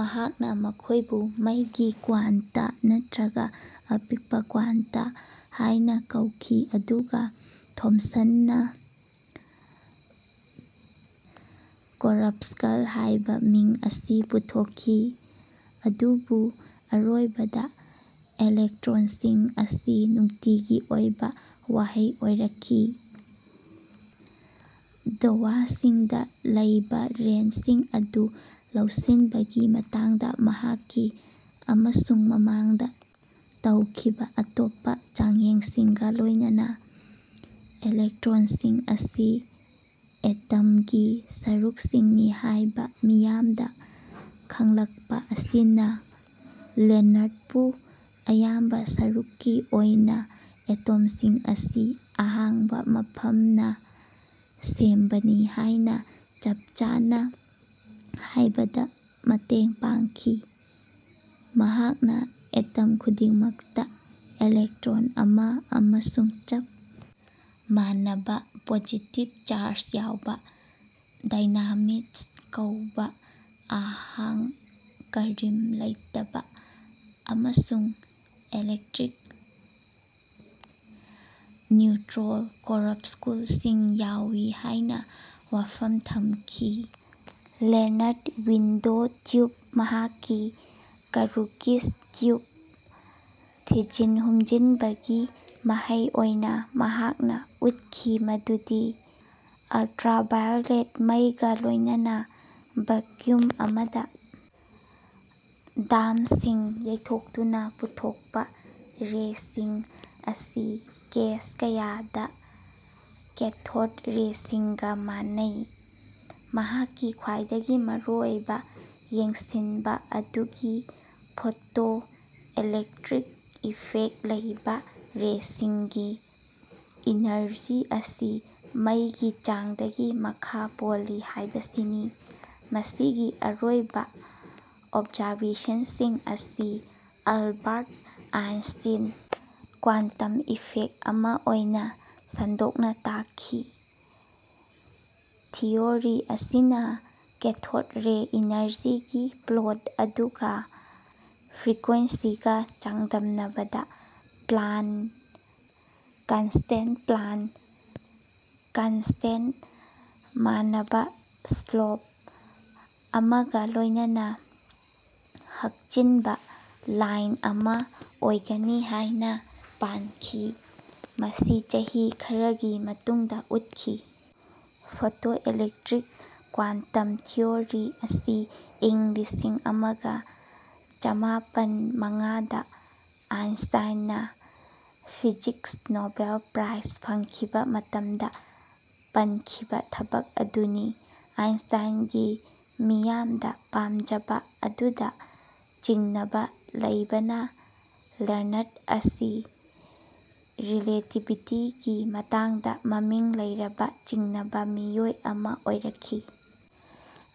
ꯃꯍꯥꯛꯅ ꯃꯈꯣꯏꯕꯨ ꯃꯩꯒꯤ ꯀ꯭ꯋꯥꯟꯇꯥ ꯅꯠꯇ꯭ꯔꯒ ꯑꯄꯤꯛꯄ ꯀ꯭ꯋꯥꯟꯇꯥ ꯍꯥꯏꯅ ꯀꯧꯈꯤ ꯑꯗꯨꯒ ꯊꯣꯝꯁꯟꯅ ꯀꯣꯔꯄꯁꯀꯜꯁ ꯍꯥꯏꯕ ꯃꯤꯡ ꯑꯁꯤ ꯄꯨꯊꯣꯛꯈꯤ, ꯑꯗꯨꯕꯨ ꯑꯔꯣꯏꯕꯗ ꯏꯂꯦꯛꯇ꯭ꯔꯣꯟꯁꯤꯡ ꯑꯁꯤ ꯅꯨꯡꯇꯤꯒꯤ ꯑꯣꯏꯕ ꯋꯥꯍꯩ ꯑꯣꯏꯔꯛꯈꯤ꯫ ꯙꯥꯋꯁꯤꯡꯗ ꯂꯩꯕ ꯔꯦꯟꯁꯤꯡ ꯑꯗꯨ ꯂꯧꯁꯤꯟꯕꯒꯤ ꯃꯇꯥꯡꯗ ꯃꯍꯥꯛꯀꯤ ꯑꯃꯁꯨꯡ ꯃꯃꯥꯡꯗ ꯇꯧꯈꯤꯕ ꯑꯇꯣꯞꯄ ꯆꯥꯡꯌꯦꯡꯁꯤꯡꯒ ꯂꯣꯏꯅꯅꯥ, ꯏꯂꯦꯛꯇ꯭ꯔꯣꯟꯁꯤꯡ ꯑꯁꯤ ꯑꯦꯇꯝꯒꯤ ꯁꯔꯨꯛꯁꯤꯡꯅꯤ ꯍꯥꯏꯕ ꯃꯤꯌꯥꯝꯗ ꯈꯪꯂꯛꯄ ꯑꯁꯤꯅ ꯂꯦꯅꯥꯔ꯭ꯗꯕꯨ ꯑꯌꯥꯝꯕ ꯁꯔꯨꯛꯀꯤ ꯑꯣꯏꯅ ꯑꯦꯇꯣꯝꯁꯤꯡ ꯑꯁꯤ ꯑꯍꯥꯡꯕ ꯃꯐꯝꯅ ꯁꯦꯝꯕꯅꯤ ꯍꯥꯏꯅ ꯆꯞꯆꯥꯅ ꯍꯥꯏꯕꯗ ꯃꯇꯦꯡ ꯄꯥꯡꯈꯤ꯫ ꯃꯍꯥꯛꯅ ꯑꯦꯇꯝ ꯈꯨꯗꯤꯡꯃꯛꯇ ꯏꯂꯦꯛꯇ꯭ꯔꯣꯟ ꯑꯃꯥ ꯑꯃꯁꯨꯡ ꯆꯞ ꯃꯥꯟꯅꯕ ꯄꯣꯖꯤꯇꯤꯕ ꯆꯥꯔꯖ ꯌꯥꯎꯕ "ꯗꯥꯏꯅꯥꯃꯤꯗꯁ"ꯀꯧꯕ ꯑꯍꯥꯡ ꯀꯔꯤꯝ ꯂꯩꯇꯕ ꯑꯃꯁꯨꯡ ꯏꯂꯦꯛꯇ꯭ꯔꯤꯛ ꯅ꯭ꯌꯨꯇꯔꯣꯜ ꯀꯣꯔꯄꯁꯀꯨꯜꯁꯤꯡ ꯌꯥꯎꯏ ꯍꯥꯏꯅ ꯋꯥꯐꯝ ꯊꯝꯈꯤ꯫ ꯂꯦꯅꯥꯔ꯭ꯗ ꯋꯤꯟꯗꯣ ꯇ꯭ꯌꯨꯞ ꯃꯍꯥꯛꯀꯤ ꯀꯔꯨꯀꯤꯁ ꯇ꯭ꯌꯨꯞ ꯊꯤꯖꯤꯟ-ꯍꯨꯝꯖꯤꯟꯕꯒꯤ ꯃꯍꯩ ꯑꯣꯏꯅ, ꯃꯍꯥꯛꯅ ꯎꯠꯈꯤ ꯃꯗꯨꯗꯤ ꯑꯜꯇ꯭ꯔꯥꯚꯥꯏꯑꯣꯂꯦꯠ ꯃꯩꯒ ꯂꯣꯏꯅꯅ ꯚꯀ꯭ꯌꯨꯝ ꯑꯃꯗ ꯙꯥꯝꯁꯤꯡ ꯌꯩꯊꯣꯛꯇꯨꯅ ꯄꯨꯊꯣꯛꯄ ꯔꯦꯁꯤꯡ ꯑꯁꯤ ꯀꯦꯁ ꯀꯌꯥꯗ ꯀꯦꯊꯣꯗ ꯔꯦꯁꯤꯡꯒ ꯃꯥꯟꯅꯩ꯫ ꯃꯍꯥꯛꯀꯤ ꯈ꯭ꯋꯥꯏꯗꯒꯤ ꯃꯔꯨꯑꯣꯏꯕ ꯌꯦꯡꯁꯤꯟꯕ ꯑꯗꯨꯒꯤ ꯐꯣꯇꯣ ꯏꯂꯦꯛꯇ꯭ꯔꯤꯛ ꯏꯐꯦꯛ ꯂꯩꯕ ꯔꯦꯁꯤꯡꯒꯤ ꯏꯅꯔꯖꯤ ꯑꯁꯤ ꯃꯩꯒꯤ ꯆꯥꯡꯗꯒꯤ ꯃꯈꯥ ꯄꯣꯜꯂꯤ ꯍꯥꯏꯕꯁꯤꯅꯤ꯫ ꯃꯁꯤꯒꯤ ꯑꯔꯣꯏꯕ ꯑꯣꯞꯖꯔꯕꯦꯁꯟꯁꯤꯡ ꯑꯁꯤ ꯑꯜꯕꯥꯔꯠ ꯑꯥꯏꯟꯁꯇꯤꯟ ꯀ꯭ꯋꯥꯟꯇꯝ ꯏꯐꯦꯛ ꯑꯃ ꯑꯣꯏꯅ ꯁꯟꯗꯣꯛꯅ ꯇꯥꯛꯈꯤ꯫ ꯊꯤꯑꯣꯔꯤ ꯑꯁꯤꯅ ꯀꯦꯊꯣꯗ ꯔꯦ ꯏꯅꯔꯖꯤꯒꯤ ꯄ꯭ꯂꯣꯠ ꯑꯗꯨꯒ ꯐ꯭ꯔꯤꯀ꯭ꯌꯦꯟꯁꯤꯒ ꯆꯥꯡꯗꯝꯅꯕꯗ ꯄ꯭ꯂꯥꯟ ꯀꯟꯁꯇꯦꯟꯄ꯭ꯂꯥꯟ ꯀꯟꯁꯇꯦꯟ, ꯃꯥꯟꯅꯕ ꯁ꯭ꯂꯣꯞ ꯑꯃꯒ ꯂꯣꯏꯅꯅ ꯍꯛꯆꯤꯟꯕ ꯂꯥꯏꯟ ꯑꯃ ꯑꯣꯏꯒꯅꯤ ꯍꯥꯏꯅ ꯄꯥꯟꯈꯤ꯫ ꯃꯁꯤ ꯆꯍꯤ ꯈꯔꯒꯤ ꯃꯇꯨꯡꯗ ꯎꯠꯈꯤ꯫ ꯐꯣꯇꯣ-ꯏꯂꯦꯛꯇ꯭ꯔꯤꯛ ꯀ꯭ꯋꯥꯟꯇꯝ ꯊꯤꯑꯣꯔꯤ ꯑꯁꯤ ꯏꯪ ꯂꯤꯁꯤꯡ ꯑꯃꯒ ꯆꯥꯃꯄꯟꯃꯉꯥꯗ ꯑꯥꯏꯟꯁꯇꯥꯢꯟꯅ ꯐꯤꯖꯤꯛꯁ ꯅꯣꯕꯦꯜ ꯄ꯭ꯔꯥꯏꯖ ꯐꯪꯈꯤꯕ ꯃꯇꯝꯗ ꯄꯟꯈꯤꯕ ꯊꯕꯛ ꯑꯗꯨꯅꯤ꯫ ꯑꯥꯏꯟꯁꯇꯥꯏꯟꯒꯤ ꯃꯤꯌꯥꯝꯗ ꯄꯥꯝꯖꯕ ꯑꯗꯨꯗ ꯆꯤꯡꯅꯕ ꯂꯩꯕꯅ, ꯂꯦꯅꯥꯔ꯭ꯗ ꯑꯁꯤ ꯔꯤꯂꯦꯇꯤꯚꯤꯇꯤꯒꯤ ꯃꯇꯥꯡꯗ ꯃꯃꯤꯡ ꯂꯩꯔꯕ ꯆꯤꯡꯅꯕ ꯃꯤꯑꯣꯏ ꯑꯃ ꯑꯣꯏꯔꯛꯈꯤ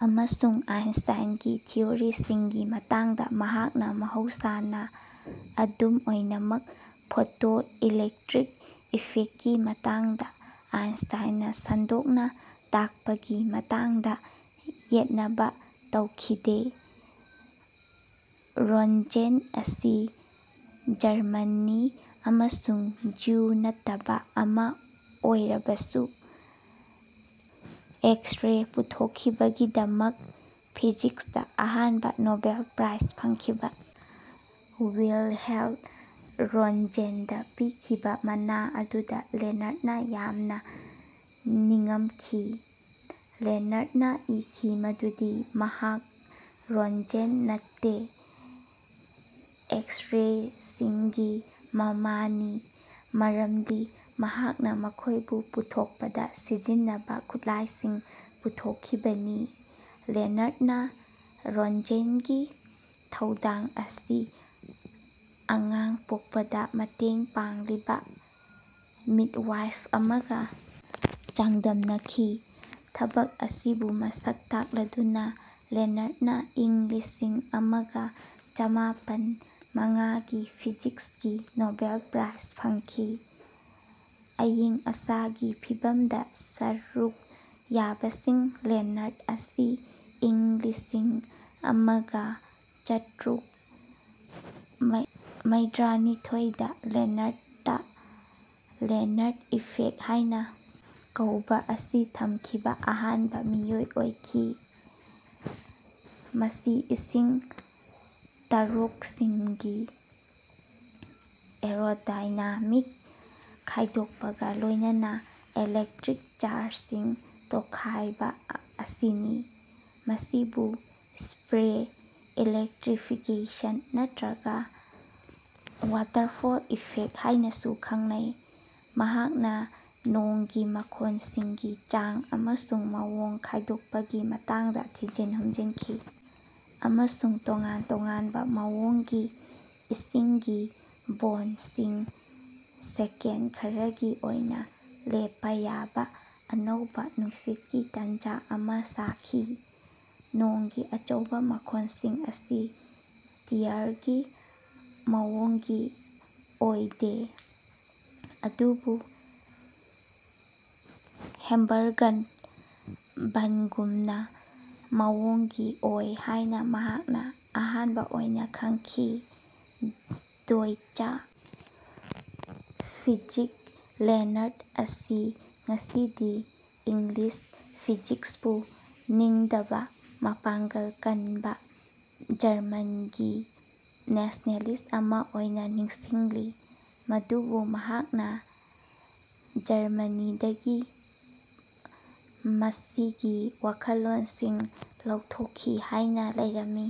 ꯑꯃꯁꯨꯡ ꯑꯥꯏꯟꯁꯇꯥꯢꯟꯒꯤ ꯊꯤꯑꯣꯔꯤꯁꯤꯡꯒꯤ ꯃꯇꯥꯡꯗ ꯃꯍꯥꯛꯅ ꯃꯍꯧꯁꯥꯅ ꯑꯗꯨꯝ ꯑꯣꯏꯅꯃꯛ ꯐꯣꯇꯣ ꯏꯂꯦꯛꯇ꯭ꯔꯤꯛ ꯏꯐꯦꯛꯀꯤ ꯃꯇꯥꯡꯗ ꯑꯥꯏꯟꯁꯇꯥꯢꯟꯅ ꯁꯟꯗꯣꯛꯅ ꯇꯥꯛꯄꯒꯤ ꯃꯇꯥꯡꯗ ꯌꯦꯠꯅꯕ ꯇꯧꯈꯤꯗꯦ꯫ ꯔꯣꯟꯖꯦꯟ ꯑꯁꯤ ꯖꯔꯃꯟꯅꯤ ꯑꯃꯁꯨꯡ ꯖ꯭ꯌꯨ ꯅꯠꯇꯕ ꯑꯃ ꯑꯣꯏꯔꯕꯁꯨ, ꯑꯦꯛꯁ-ꯔꯦ ꯄꯨꯊꯣꯛꯈꯤꯕꯒꯤꯗꯃꯛ, ꯐꯤꯖꯤꯛꯁꯇ ꯑꯍꯥꯟꯕ ꯅꯣꯕꯦꯜ ꯄ꯭ꯔꯥꯏꯖ ꯐꯪꯈꯤꯕ, ꯋꯤꯜꯍꯦꯜ ꯔꯣꯟꯖꯦꯟꯗ ꯄꯤꯈꯤꯕ ꯃꯅꯥ ꯑꯗꯨꯗ ꯂꯦꯅꯥꯔ꯭ꯗꯅ ꯌꯥꯝꯅ ꯅꯤꯡꯉꯝꯈꯤ꯫ ꯂꯦꯅꯥꯔ꯭ꯗꯅ ꯏꯈꯤ ꯃꯗꯨꯗꯤ ꯃꯍꯥꯛ ꯔꯣꯟꯖꯦꯟ ꯅꯠꯇꯦ, "ꯑꯦꯛꯁ-ꯔꯦꯁꯤꯡꯒꯤ ꯃꯃꯥ"ꯅꯤ ꯃꯔꯝꯗꯤ ꯃꯍꯥꯛꯅ ꯃꯈꯣꯏꯕꯨ ꯄꯨꯊꯣꯛꯄꯗ ꯁꯤꯖꯤꯟꯅꯕ ꯈꯨꯠꯂꯥꯏꯁꯤꯡ ꯄꯨꯊꯣꯛꯈꯤꯕꯅꯤ꯫ ꯂꯦꯅꯥꯔ꯭ꯗꯅ ꯔꯣꯟꯖꯦꯟꯒꯤ ꯊꯧꯗꯥꯡ ꯑꯁꯤ ꯑꯉꯥꯡ ꯄꯣꯛꯄꯗ ꯃꯇꯦꯡ ꯄꯥꯡꯂꯤꯕ "ꯃꯤꯗꯋꯥꯏꯐ" ꯑꯃꯒ ꯆꯥꯡꯗꯝꯅꯈꯤ꯫ ꯊꯕꯛ ꯑꯁꯤꯕꯨ ꯃꯁꯛ ꯇꯥꯛꯂꯗꯨꯅ ꯂꯦꯅꯥꯔ꯭ꯗꯅ ꯏꯪ ꯂꯤꯁꯤꯡ ꯑꯃꯒ ꯆꯥꯃꯄꯟ ꯃꯉꯥꯒꯤ ꯐꯤꯖꯤꯛꯁꯀꯤ ꯅꯣꯕꯦꯜ ꯄ꯭ꯔꯥꯏꯖ ꯐꯪꯈꯤ꯫ ꯑꯏꯪ ꯑꯁꯥꯒꯤ ꯐꯤꯕꯝꯗ ꯁꯔꯨꯛ ꯌꯥꯕꯁꯤꯡ ꯂꯦꯅꯥꯔ꯭ꯗ ꯑꯁꯤ ꯏꯪ ꯂꯤꯁꯤꯡ ꯑꯃꯒ ꯆꯥꯇ꯭ꯔꯨꯛ ꯃꯩꯗ꯭ꯔꯥꯅꯤꯊꯣꯢ the Lenard "the Lenard effect" ꯍꯥꯏꯅ ꯀꯧꯕ ꯑꯁꯤ ꯇꯝꯈꯤꯕ ꯑꯍꯥꯟꯕ ꯃꯤꯑꯣꯏ ꯑꯣꯏꯈꯤ꯫ ꯃꯁꯤ ꯏꯁꯤꯡ ꯇꯥꯔꯣꯛꯁꯤꯡꯒꯤ ꯑꯦꯔꯣꯗꯥꯏꯅꯥꯃꯤꯛ ꯈꯥꯏꯗꯣꯛꯄꯒ ꯂꯣꯏꯅꯅ ꯏꯂꯦꯛꯇ꯭ꯔꯤꯛ ꯆꯥꯔꯖꯁꯤꯡ ꯇꯣꯈꯥꯏꯕ ꯑꯁꯤꯅꯤ꯫ ꯃꯁꯤꯕꯨ ꯁ꯭ꯄꯔꯦ ꯏꯂꯦꯛꯇ꯭ꯔꯤꯐꯤꯀ꯭ꯌꯦꯁꯟ ꯅꯠꯇ꯭ꯔꯒ ꯋꯥꯇꯔꯐꯣꯜ ꯏꯐꯦꯛ ꯍꯥꯏꯅꯁꯨ ꯈꯪꯅꯩ꯫ ꯃꯍꯥꯛꯅ ꯅꯣꯡꯒꯤ ꯃꯈꯣꯟꯁꯤꯡꯒꯤ ꯆꯥꯡ ꯑꯃꯁꯨꯡ ꯃꯑꯣꯡ ꯈꯥꯏꯗꯣꯛꯄꯒꯤ ꯃꯇꯥꯡꯗ ꯊꯤꯖꯤꯟ-ꯍꯨꯝꯖꯤꯟꯈꯤ ꯑꯃꯁꯨꯡ ꯇꯣꯉꯥꯟ-ꯇꯣꯉꯥꯟꯕ ꯃꯑꯣꯡꯒꯤ ꯏꯁꯤꯡꯒꯤ ꯕꯣꯟꯁꯤꯡ ꯁꯦꯀꯦꯟ ꯈꯔꯒꯤ ꯑꯣꯏꯅ ꯂꯦꯞꯄ ꯌꯥꯕ ꯑꯅꯧꯕ ꯅꯨꯡꯁꯤꯠꯀꯤ ꯇꯥꯟꯖ ꯑꯃ ꯁꯥꯈꯤ꯫ ꯅꯣꯡꯒꯤ ꯑꯆꯧꯕ ꯃꯈꯣꯟꯁꯤꯡ ꯑꯁꯤ ꯇꯤꯌꯔꯒꯤ ꯃꯑꯣꯡꯒꯤ ꯑꯣꯏꯗꯦ, ꯑꯗꯨꯕꯨ ꯍꯦꯝꯕꯔꯒꯟ ꯕꯟꯒꯨꯝꯅ ꯃꯑꯣꯡꯒꯤ ꯑꯣꯏ ꯍꯥꯏꯅ ꯃꯍꯥꯛꯅ ꯑꯍꯥꯟꯕ ꯑꯣꯏꯅ ꯈꯪꯈꯤ꯫ ꯗꯣꯏꯆ ꯐꯤꯖꯤꯛ ꯂꯦꯅꯥꯔ꯭ꯗ ꯑꯁꯤ ꯉꯁꯤꯗꯤ "ꯏꯪꯂꯤꯁ ꯐꯤꯖꯤꯛꯁ"ꯕꯨ ꯅꯤꯡꯗꯕ ꯃꯄꯥꯡꯒꯜ ꯀꯟꯕ ꯖꯔꯃꯟꯒꯤ ꯅꯦꯁꯅꯦꯂꯤꯁ ꯑꯃꯥ ꯑꯣꯏꯅ ꯅꯤꯡꯁꯤꯡꯂꯤ, ꯃꯗꯨꯕꯨ ꯃꯍꯥꯛꯅ ꯖꯔꯃꯅꯤꯗꯒꯤ ꯃꯁꯤꯒꯤ ꯋꯥꯈꯜꯂꯣꯟꯁꯤꯡ ꯂꯧꯊꯣꯛꯈꯤ ꯍꯥꯏꯅ ꯂꯩꯔꯝꯃꯤ꯫"